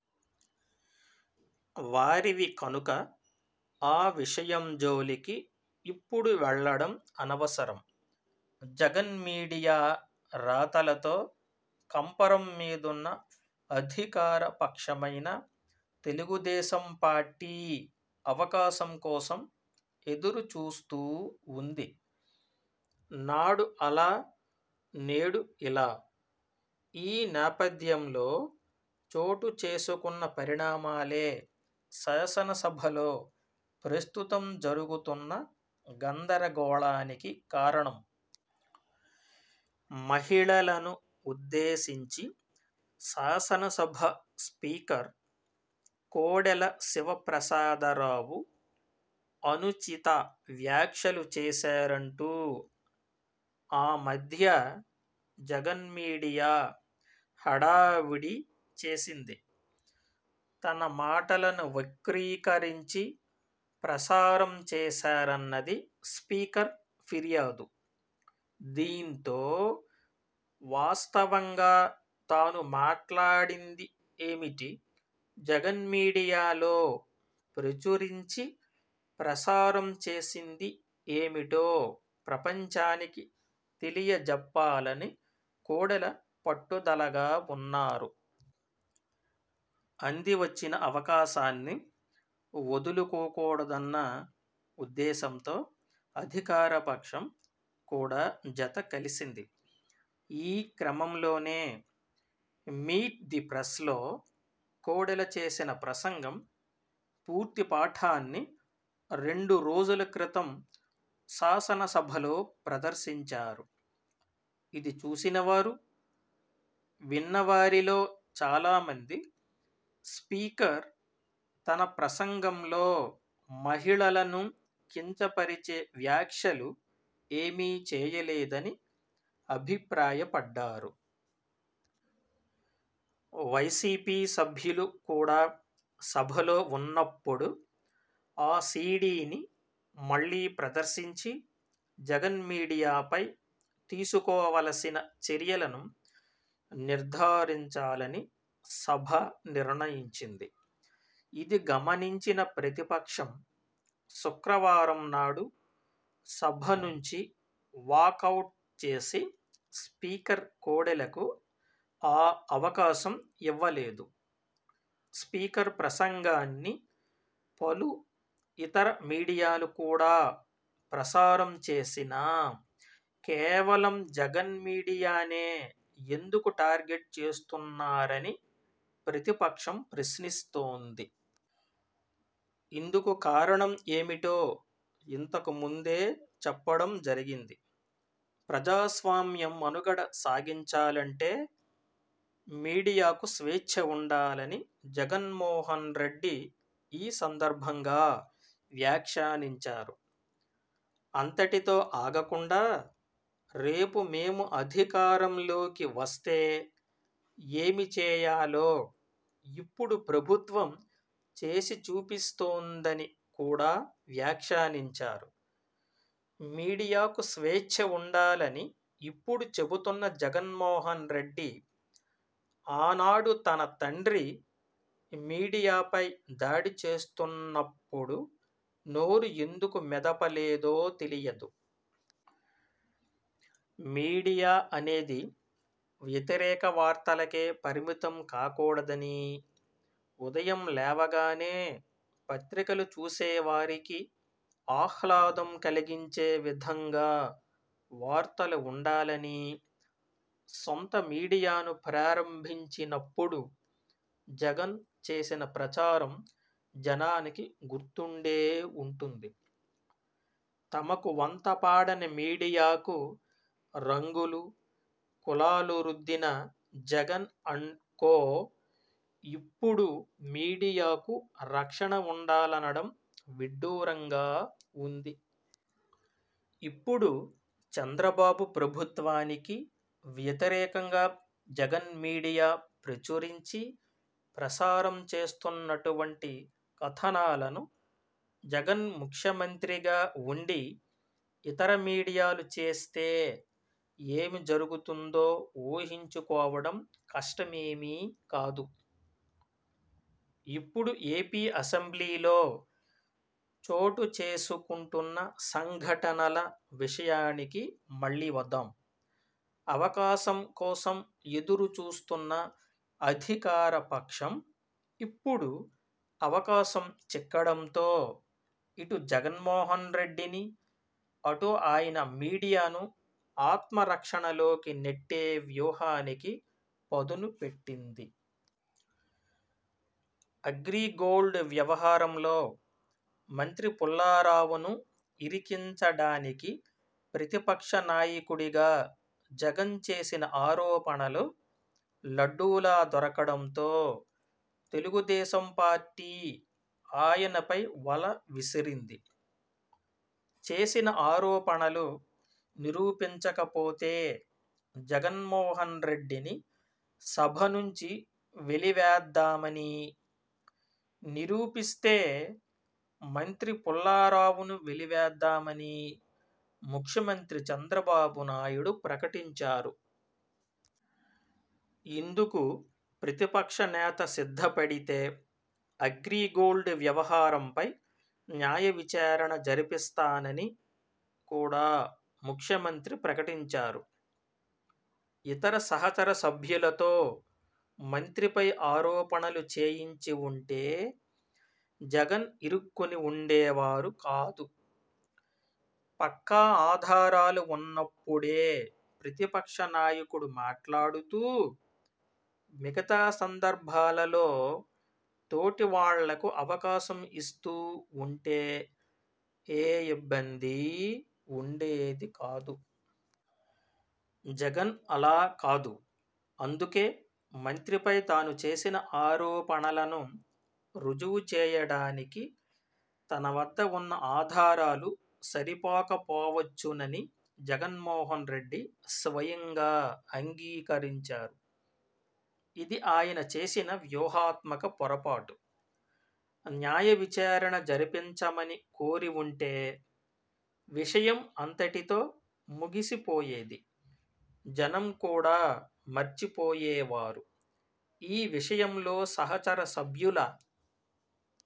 వారివి కనుక ఆ విషయం జోలికి ఇప్పుడు వెళ్లడం అనవసరం. జగన్ మీడియా రాతలతో కంపరం మీదున్న అధికార పక్షమైన తెలుగుదేశం పార్టీ అవకాశం కోసం ఎదురుచూస్తూ ఉంది. నాడు అలా నేడు ఇలా! ఈ నేపథ్యంలో చోటు చేసుకున్న పరిణామాలే శాసనసభలో ప్రస్తుతం జరుగుతున్న గందరగోళానికి కారణం. మహిళలను ఉద్దేశించి శాసనసభ స్పీకర్ కోడెల శివప్రసాదరావు అనుచిత వ్యాఖ్యలు చేశారంటూ ఆ మధ్య జగన్ మీడియా హడావుడి చేసింది. తన మాటలను వక్రీకరించి ప్రసారం చేశారన్నది స్పీకర్ ఫిర్యాదు. దీంతో వాస్తవంగా తాను మాట్లాడింది ఏమిటి, జగన్ మీడియాలో ప్రచురించి, ప్రసారం చేసింది ఏమిటో ప్రపంచానికి తెలియ జెప్పాలని కోడెల పట్టుదలగా ఉన్నారు. అంది వచ్చిన అవకాశాన్ని వదులు కోకూడదన్న ఉద్దేశంతో అధికారపక్షం కూడా జత కలిసింది. ఈ క్రమంలోనే మీట్ ది ప్రెస్లో కోడెల చేసిన ప్రసంగం పూర్తి పాఠాన్ని రెండు రోజుల క్రితం శాసనసభలో ప్రదర్శించారు. ఇది చూసినవారు, విన్న వారిలో చాలా మంది స్పీకర్ తన ప్రసంగంలో మహిళలను కించపరిచే వ్యాఖ్యలు ఏమీ చేయలేదని అభిప్రాయపడ్డారు. వైసీపీ సభ్యులు కూడా సభలో ఉన్నప్పుడు ఆ సీడీని మళ్లీ ప్రదర్శించి జగన్ మీడియాపై తీసుకోవలసిన చర్యలను నిర్ధారించాలని సభ నిర్ణయించింది. ఇది గమనించిన ప్రతిపక్షం, శుక్రవారంనాడు సభ నుంచి వాకౌట్ చేసి స్పీకర్ కోడెలకు ఆ అవకాశం ఇవ్వలేదు. స్పీకర్ ప్రసంగాన్ని పలు ఇతర మీడియాలు కూడా ప్రసారం చేసినా కేవలం జగన్ మీడియానే ఎందుకు టార్గెట్ చేస్తున్నారని ప్రతిపక్షం ప్రశ్నిస్తోంది. ఇందుకు కారణం ఏమిటో ఇంతకు ముందే చెప్పడం జరిగింది. ప్రజాస్వామ్యం మనుగడ సాగించాలంటే మీడియాకు స్వేచ్ఛ ఉండాలని జగన్మోహన్రెడ్డి ఈ సందర్భంగా వ్యాఖ్యానించారు. అంతటితో ఆగకుండా రేపు మేము అధికారంలోకి వస్తే ఏమి చేయాలో ఇప్పుడు ప్రభుత్వం చేసి చూపిస్తోందని కూడా వ్యాఖ్యానించారు. మీడియాకు స్వేచ్ఛ ఉండాలని ఇప్పుడు చెబుతున్న జగన్మోహన్రెడ్డి, ఆనాడు తన తండ్రి మీడియాపై దాడి చేస్తున్నప్పుడు నోరు ఎందుకు మెదపలేదో తెలియదు. మీడియా అనేది వ్యతిరేక వార్తలకే పరిమితం కాకూడదనీ, ఉదయం లేవగానే పత్రికలు చూసేవారికి ఆహ్లాదం కలిగించే విధంగా వార్తలు ఉండాలనీ సొంత మీడియాను ప్రారంభించినప్పుడు జగన్ చేసిన ప్రచారం జనానికి గుర్తుండే ఉంటుంది. తమకు వంతపాడని మీడియాకు రంగులు, కులాలు రుద్దిన జగన్ అండ్ కో, ఇప్పుడు మీడియాకు రక్షణ ఉండాలనడం విడ్డూరంగా ఉంది. ఇప్పుడు చంద్రబాబు ప్రభుత్వానికి వ్యతిరేకంగా జగన్ మీడియా ప్రచురించి, ప్రసారం చేస్తున్నటువంటి కథనాలను జగన్ ముఖ్యమంత్రిగా ఉండి ఇతర మీడియాలు చేస్తే ఏమి జరుగుతుందో ఊహించుకోవడం కష్టమేమీ కాదు. ఇప్పుడు ఏపీ అసెంబ్లీలో చోటుచేసుకుంటున్న సంఘటనల విషయానికి మళ్లీ వద్దాం. అవకాశం కోసం ఎదురుచూస్తున్న అధికార పక్షం ఇప్పుడు అవకాశం చిక్కడంతో ఇటు జగన్మోహన్రెడ్డిని, అటు ఆయన మీడియాను ఆత్మ రక్షణలోకి నెట్టే వ్యూహానికి పదును పెట్టింది. అగ్రి గోల్డ్ వ్యవహారంలో మంత్రి పుల్లా రావును ఇరికించడానికి ప్రతిపక్ష నాయకుడిగా జగన్ చేసిన ఆరోపణలు లడ్డూలా దొరకడంతో తెలుగుదేశం పార్టీ ఆయనపై వల విసిరింది. చేసిన ఆరోపణలు నిరూపించకపోతే జగన్మోహన్రెడ్డిని సభ నుంచి వెలివేద్దామనీ, నిరూపిస్తే మంత్రి పుల్లా రావును వెలి వేద్దామనీ ముఖ్యమంత్రి చంద్రబాబునాయుడు ప్రకటించారు. ఇందుకు ప్రతిపక్ష నేత సిద్ధపడితే అగ్రి గోల్డ్ వ్యవహారంపై న్యాయ విచారణ జరిపిస్తానని కూడా ముఖ్యమంత్రి ప్రకటించారు. ఇతర సహచర సభ్యులతో మంత్రిపై ఆరోపణలు చేయించి ఉంటే జగన్ ఇరుక్కుని ఉండేవారు కాదు. పక్కా ఆధారాలు ఉన్నప్పుడే ప్రతిపక్ష నాయకుడు మాట్లాడుతూ, మిగతా సందర్భాలలో తోటివాళ్లకు అవకాశం ఇస్తూ ఉంటే ఏ ఇబ్బందీ ఉండేది కాదు. జగన్ అలా కాదు. అందుకే మంత్రిపై తాను చేసిన ఆరోపణలను రుజువు చేయడానికి తన వద్ద ఉన్న ఆధారాలు సరిపోకపోవచ్చునని జగన్మోహన్రెడ్డి స్వయంగా అంగీకరించారు. ఇది ఆయన చేసిన వ్యూహాత్మక పొరపాటు! న్యాయ విచారణ జరిపించమని కోరి ఉంటే విషయం అంతటితో ముగిసిపోయేది. జనం కూడా మర్చిపోయేవారు. ఈ విషయంలో సహచర సభ్యుల